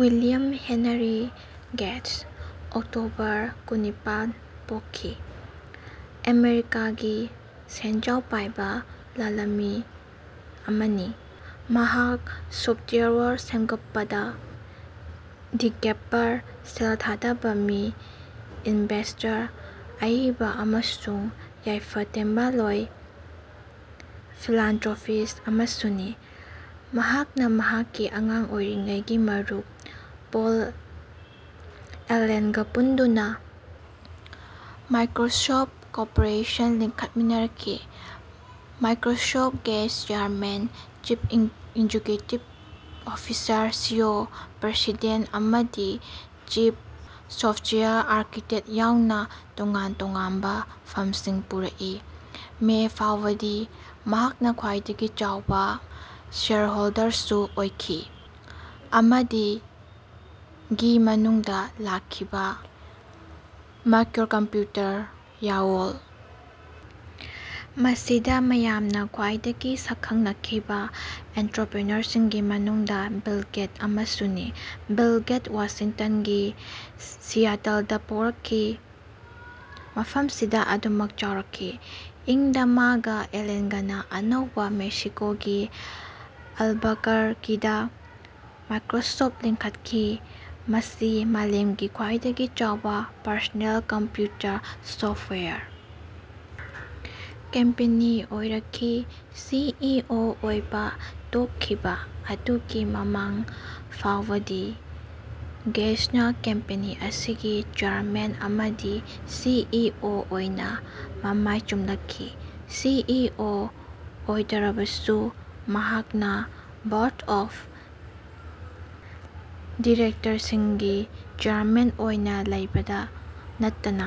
William Henry Gates ( October ꯀꯨꯟꯅꯤꯄꯥꯜ, ꯄꯣꯛꯈꯤ) ꯑꯃꯦꯔꯤꯀꯥꯒꯤ ꯁꯦꯟꯖꯥꯎ ꯄꯥꯏꯕ ꯂꯜꯂꯜꯃꯤ ꯑꯃꯅꯤ꯫ ꯃꯍꯥꯛ ꯁꯣꯐ꯭ꯇꯋꯦꯌꯔ ꯁꯦꯝꯒꯠꯄ (ꯗꯤꯚꯦꯂꯄꯔ), ꯁꯦꯜ ꯊꯥꯗꯕ ꯃꯤ(ꯏꯟꯚꯦꯁꯇꯔ), ꯑꯏꯕ ꯑꯃꯁꯨꯡ ꯌꯥꯏꯐ ꯇꯦꯡꯕꯥꯡꯂꯣꯏ (ꯐꯤꯂꯥꯟꯇ꯭ꯔꯣꯄꯤꯁ꯭ꯇ) ꯑꯃꯁꯨꯅꯤ꯫ ꯃꯍꯥꯛꯅ ꯃꯍꯥꯛꯀꯤ ꯑꯉꯥꯡ ꯑꯣꯏꯔꯤꯉꯩꯒꯤ ꯃꯔꯨꯞ ꯄꯣꯜ ꯑꯦꯂꯜꯦꯟꯒ ꯄꯨꯟꯗꯨꯅ ꯃꯥꯏꯀ꯭ꯔꯣꯁꯣꯐ꯭ꯇ ꯀꯣꯔꯄꯣꯔꯦꯁꯟ ꯂꯤꯡꯈꯠꯃꯤꯟꯅꯔꯛꯈꯤ꯫ ꯃꯥꯏꯀ꯭ꯔꯣꯁꯣꯐ꯭ꯇꯇ ꯒꯦꯠꯁꯅ chairman, chief executive officer (CEO), president ꯑꯃꯗꯤ ꯆꯤꯐ ꯁꯣꯐ꯭ꯇꯋꯦꯌꯔ ꯑꯥꯔꯀꯤꯇꯦꯛꯠ ꯌꯥꯎꯅ ꯇꯣꯉꯥꯟ ꯇꯣꯉꯥꯟꯕ ꯐꯝꯁꯤꯡ ꯄꯨꯔꯛꯏ꯫ ꯃꯦ ꯐꯥꯎꯕꯗꯤ ꯃꯍꯥꯛꯅ ꯈ꯭ꯋꯥꯏꯗꯒꯤ ꯆꯥꯎꯕ ꯁꯦꯌꯔꯍꯣꯜꯗꯔꯁꯨ ꯑꯣꯏꯈꯤ꯫ ꯑꯃꯗꯤ ꯒꯤ ꯃꯅꯨꯡꯗ ꯂꯥꯛꯈꯤꯕ ꯃꯥꯏꯀ꯭ꯔꯣꯀꯝꯄꯌ꯭ꯨꯇꯔꯒꯤ ꯌꯥꯑꯣꯜ ꯑꯁꯤꯗ ꯃꯤꯌꯥꯝꯅ ꯈ꯭ꯋꯥꯏꯗꯒꯤ ꯁꯛꯈꯪꯅꯈꯤꯕ ꯑꯣꯟꯇꯄ꯭ꯔꯦꯅꯌ꯭ꯨꯔꯁꯤꯡꯒꯤ ꯃꯅꯨꯡꯗ ꯕꯤꯜ ꯒꯦꯠꯁ ꯑꯁꯤꯁꯨꯅꯤ꯫ ꯕꯤꯜ ꯒꯦꯠꯁ ꯋꯥꯁꯤꯡꯇꯟꯒꯤ ꯁꯤꯌꯥꯇꯜꯗ ꯄꯣꯛꯂꯛꯈꯤ ꯃꯐꯝꯁꯤꯗ ꯑꯗꯨꯃꯛ ꯆꯥꯎꯔꯛꯈꯤ꯫ ꯏꯪ ꯗ ꯃꯥꯒ ꯑꯦꯜꯂꯦꯟꯒꯅ ꯑꯅꯧꯕ ꯃꯦꯛꯁꯤꯀꯣꯒꯤ ꯑꯜꯕꯀꯔꯀꯤꯗ ꯃꯥꯏꯀ꯭ꯔꯣꯁꯣꯐ꯭ꯇ ꯂꯤꯡꯈꯠꯈꯤ꯫ ꯃꯁꯤ ꯃꯥꯂꯦꯝꯒꯤ ꯈ꯭ꯋꯥꯏꯗꯒꯤ ꯆꯥꯎꯕ ꯄꯔꯁꯅꯦꯜ ꯀꯝꯄꯌ꯭ꯨꯇꯔ ꯁꯣꯐ꯭ꯇꯋꯦꯌꯔ ꯀꯝꯄꯦꯅꯤ ꯑꯣꯏꯔꯛꯈꯤ꯫ ꯁꯤ ꯏ ꯑꯣ ꯑꯣꯏꯕ ꯇꯣꯛꯈꯤꯕ ꯑꯗꯨꯒꯤ ꯃꯃꯥꯡ ꯐꯥꯎꯕꯗꯤ ꯒꯦꯠꯁꯅ ꯀꯝꯄꯦꯅꯤ ꯑꯁꯤꯒꯤ ꯆꯦꯌꯔꯃꯦꯟ ꯑꯃꯗꯤ ꯁꯤ ꯏ ꯑꯣ ꯑꯣꯏꯅ ꯃꯃꯥꯏ ꯆꯨꯝꯂꯛꯈꯤ꯫ ꯁꯤ ꯏ ꯑꯣ ꯑꯣꯏꯗꯔꯕꯁꯨ ꯃꯍꯥꯛꯅ ꯕꯣꯔ꯭ꯗ ꯑꯣꯐ ꯗꯤꯔꯦꯛꯇꯔꯁꯤꯡꯒꯤ ꯆꯦꯌꯔꯃꯦꯟ ꯑꯣꯏꯅ ꯂꯩꯕꯗ ꯅꯠꯇꯅ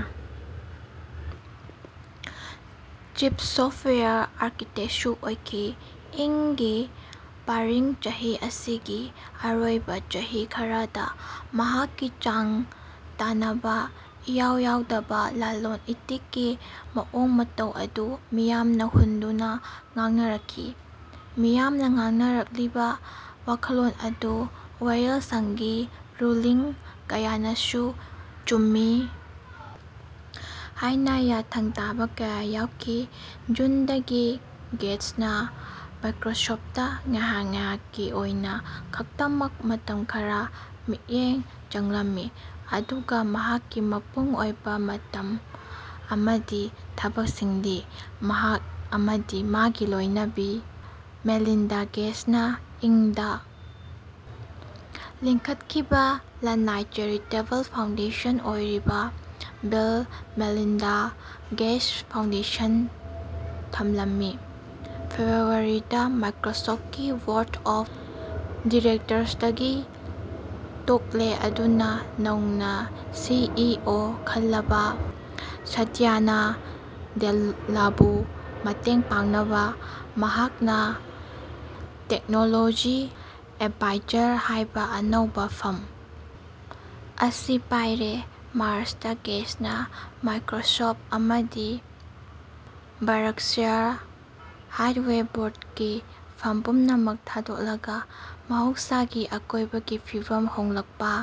ꯆꯤꯐ ꯁꯣꯐ꯭ꯇꯋꯦꯌꯔ ꯑꯥꯔꯀꯤꯇꯦꯛꯁꯨ ꯑꯣꯏꯈꯤ꯫ ꯏꯪ ꯒꯤ ꯄꯥꯔꯤꯡ ꯆꯍꯤ ꯑꯁꯤꯒꯤ ꯑꯔꯣꯏꯕ ꯆꯍꯤ ꯈꯔꯗ ꯃꯍꯥꯛꯀꯤ ꯆꯥꯡ ꯇꯥꯟꯅꯕ ꯏꯌꯥꯎ ꯌꯥꯎꯗꯕ ꯂꯜꯂꯣꯜ ꯏꯇꯤꯛꯀꯤ ꯃꯑꯣꯡ ꯃꯇꯧ ꯑꯗꯨ ꯃꯤꯌꯥꯝꯅ ꯍꯨꯟꯗꯨꯅ ꯉꯥꯡꯅꯔꯛꯈꯤ꯫ ꯃꯤꯌꯥꯝꯅ ꯉꯥꯡꯅꯔꯛꯂꯤꯕ ꯋꯥꯈꯜꯂꯣꯜ ꯑꯗꯨ ꯋꯥꯌꯦꯜꯁꯪꯒꯤ ꯔꯨꯂꯤꯡ ꯀꯌꯥꯅꯁꯨ ꯆꯨꯝꯃꯤ ꯍꯥꯏꯅ ꯌꯥꯊꯪ ꯇꯥꯕ ꯀꯌꯥ ꯌꯥꯎꯈꯤ꯫ ꯖꯨꯟ ꯗꯒꯤ ꯒꯦꯁꯠꯅ ꯃꯥꯏꯀ꯭ꯔꯣꯁꯣꯐ꯭ꯇ ꯇ ꯉꯥꯏꯍꯥꯛ ꯉꯥꯏꯍꯥꯛꯀꯤ ꯑꯣꯏꯅ ꯈꯛꯇꯃꯛ (ꯃꯇꯝ ꯈꯔ) ꯃꯤꯠꯌꯦꯡ ꯆꯪꯂꯝꯃꯤ ꯑꯗꯨꯒ ꯃꯍꯥꯛꯀꯤ ꯃꯄꯨꯡ ꯑꯣꯏꯕ ꯃꯇꯝ ꯑꯃꯗꯤ ꯊꯕꯛꯁꯤꯡꯗꯤ ꯃꯍꯥꯛ ꯑꯃꯗꯤ ꯃꯥꯒꯤ ꯂꯣꯏꯅꯕꯤ ꯃꯦꯂꯤꯟꯗꯥ ꯒꯦꯠꯁꯅ ꯏꯪ ꯗ ꯂꯤꯡꯈꯠꯈꯤꯕ ꯂꯟꯅꯥꯏ ꯆꯦꯔꯤꯇꯦꯕꯜ ꯐꯥꯎꯟꯗꯦꯁꯟ ꯑꯣꯏꯔꯤꯕ ꯕꯤꯜ ꯃꯦꯂꯤꯟꯗꯥ ꯒꯦꯠꯁ ꯐꯥꯎꯟꯗꯦꯁꯟꯗ ꯊꯝꯂꯝꯃꯤ꯫ ꯐꯦꯕꯔꯋꯥꯔꯤ ꯗ ꯃꯥꯏꯀ꯭ꯔꯣꯁꯣꯐ꯭ꯇ ꯀꯤ ꯕꯣꯔ꯭ꯗ ꯑꯣꯐ ꯗꯤꯔꯦꯛꯇꯔꯁꯇꯒꯤ ꯇꯣꯛꯂꯦ ꯑꯗꯨꯅ ꯅꯧꯅ ꯁꯤ ꯏ ꯑꯣ ꯈꯜꯂꯕ ꯁꯇ꯭ꯌꯅꯥꯗꯦꯜꯂꯥꯕꯨ ꯃꯇꯦꯡ ꯄꯥꯡꯅꯕ ꯃꯍꯥꯛꯅ ꯇꯦꯀꯅꯣꯂꯣꯖꯤ ꯑꯦꯗꯚꯥꯏꯖꯔ ꯍꯥꯏꯕ ꯑꯅꯧꯕ ꯐꯝ ꯑꯁꯤ ꯄꯥꯏꯔꯦ꯫ ꯃꯥꯔꯆ ꯗ ꯒꯦꯠꯁꯅ ꯃꯥꯏꯀ꯭ꯔꯣꯁꯣꯐ꯭ꯇ ꯑꯃꯗꯤ ꯕꯔꯛꯁꯥꯏ꯭ꯔ ꯍꯥꯊꯋꯦꯗ ꯕꯣꯔ꯭ꯗꯀꯤ ꯐꯝ ꯄꯨꯝꯅꯃꯛ ꯊꯥꯗꯣꯛꯂꯒ ꯃꯍꯧꯁꯥꯒꯤ ꯑꯀꯣꯏꯕꯒꯤ ꯐꯤꯚꯝ ꯍꯣꯡꯂꯛꯄ,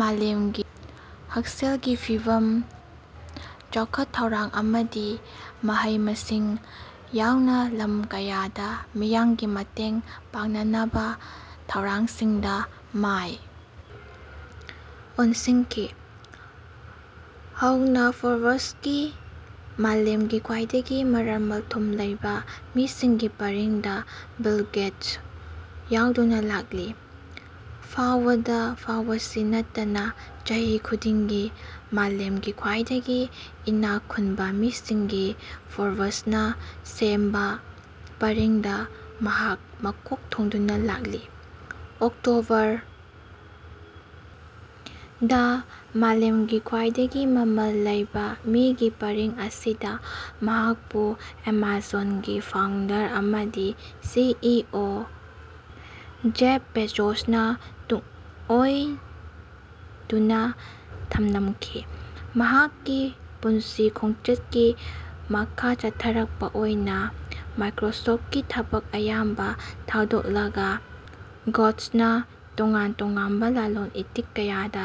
ꯃꯥꯂꯦꯝꯒꯤ ꯍꯛꯁꯦꯜꯒꯤ ꯐꯤꯚꯝ, ꯆꯥꯎꯈꯠ ꯊꯧꯔꯥꯡ ꯑꯃꯗꯤ ꯃꯍꯩ ꯃꯁꯤꯡ ꯌꯥꯎꯅ ꯂꯝ ꯀꯌꯥꯗ ꯃꯤꯌꯥꯝꯒꯤ ꯃꯇꯦꯡ ꯄꯥꯡꯅꯅꯕ ꯊꯧꯔꯥꯡꯁꯤꯡꯗ ꯃꯥꯏ ꯑꯣꯟꯁꯤꯟꯈꯤ꯫ ꯍꯧꯅ ꯐꯣꯔꯕ꯭ꯁ ꯀꯤ ꯃꯥꯂꯦꯝꯒꯤ ꯈ꯭ꯋꯥꯏꯗꯒꯤ ꯃꯔꯜ ꯃꯊꯨꯝ ꯂꯩꯕ ꯃꯤꯁꯤꯡꯒꯤ ꯄꯔꯤꯡꯗ ꯕꯤꯜ ꯒꯦꯠꯁ ꯌꯥꯎꯗꯨꯅ ꯂꯥꯛꯂꯤ꯫ ꯐꯥꯎꯕꯗ ꯐꯥꯎꯕꯁꯤ ꯅꯠꯇꯅ ꯆꯍꯤ ꯈꯨꯗꯤꯡꯒꯤ ꯃꯥꯂꯦꯝꯒꯤ ꯈ꯭ꯋꯥꯏꯗꯒꯤ ꯏꯅꯥꯛ ꯈꯨꯟꯕ ꯃꯤꯁꯤꯡꯒꯤ ꯐꯣꯔꯕ꯭ꯁꯅ ꯁꯦꯝꯕ ꯄꯔꯤꯡꯗ ꯃꯍꯥꯛ ꯃꯀꯣꯛ ꯊꯣꯡꯗꯨꯅ ꯂꯥꯛꯂꯤ꯫ ꯑꯣꯛꯇꯣꯕꯔ ꯗ ꯃꯥꯂꯦꯝꯒꯤ ꯈꯋꯥ꯭ꯏꯗꯒꯤ ꯃꯃꯜ ꯂꯩꯕ ꯃꯤꯒꯤ ꯄꯔꯤꯡ ꯑꯁꯤꯗ ꯃꯍꯥꯛꯄꯨ ꯑꯃꯥꯖꯣꯟꯒꯤ ꯐꯥꯎꯟꯗꯔ ꯑꯃꯗꯤ ꯁꯤꯏꯑꯣ ꯖꯦꯐ ꯕꯦꯖꯣꯁꯅ ꯇꯨꯡꯑꯣꯏꯟꯗꯨꯅ ꯊꯅꯝꯈꯤ꯫ ꯃꯍꯥꯛꯀꯤ ꯄꯨꯟꯁꯤ ꯈꯣꯡꯆꯠꯀꯤ ꯃꯈꯥ ꯆꯠꯊꯔꯛꯞ ꯑꯣꯏꯅ ꯃꯥꯏꯀ꯭ꯔꯣꯁꯣꯐ꯭ꯇꯀꯤ ꯊꯕꯛ ꯑꯌꯥꯝꯕ ꯊꯥꯗꯣꯛꯂꯒ ꯒꯣꯠꯁ꯭ꯅ ꯇꯣꯉꯥꯟ ꯇꯣꯉꯥꯟꯕ ꯂꯜꯂꯣꯟ ꯏꯇꯤꯛ ꯀꯌꯥꯗ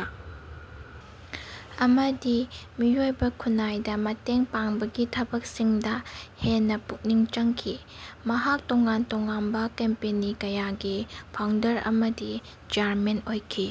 ꯑꯃꯗꯤ ꯃꯤꯑꯣꯏꯕ ꯈꯨꯟꯅꯥꯏꯗ ꯃꯇꯦꯡ ꯄꯥꯡꯕꯒꯤ ꯊꯕꯛꯁꯤꯡꯗ ꯍꯦꯟꯅ ꯄꯨꯛꯅꯤꯡ ꯆꯪꯈꯤ꯫ ꯃꯍꯥꯛ ꯇꯣꯉꯥꯟ ꯇꯣꯉꯥꯟꯕ ꯀꯝꯄꯦꯅꯤ ꯀꯌꯥꯒꯤ ꯐꯥꯎꯟꯗꯔ ꯑꯃꯗꯤ ꯆꯦꯌꯔꯃꯦꯟ ꯑꯣꯏꯈꯤ꯫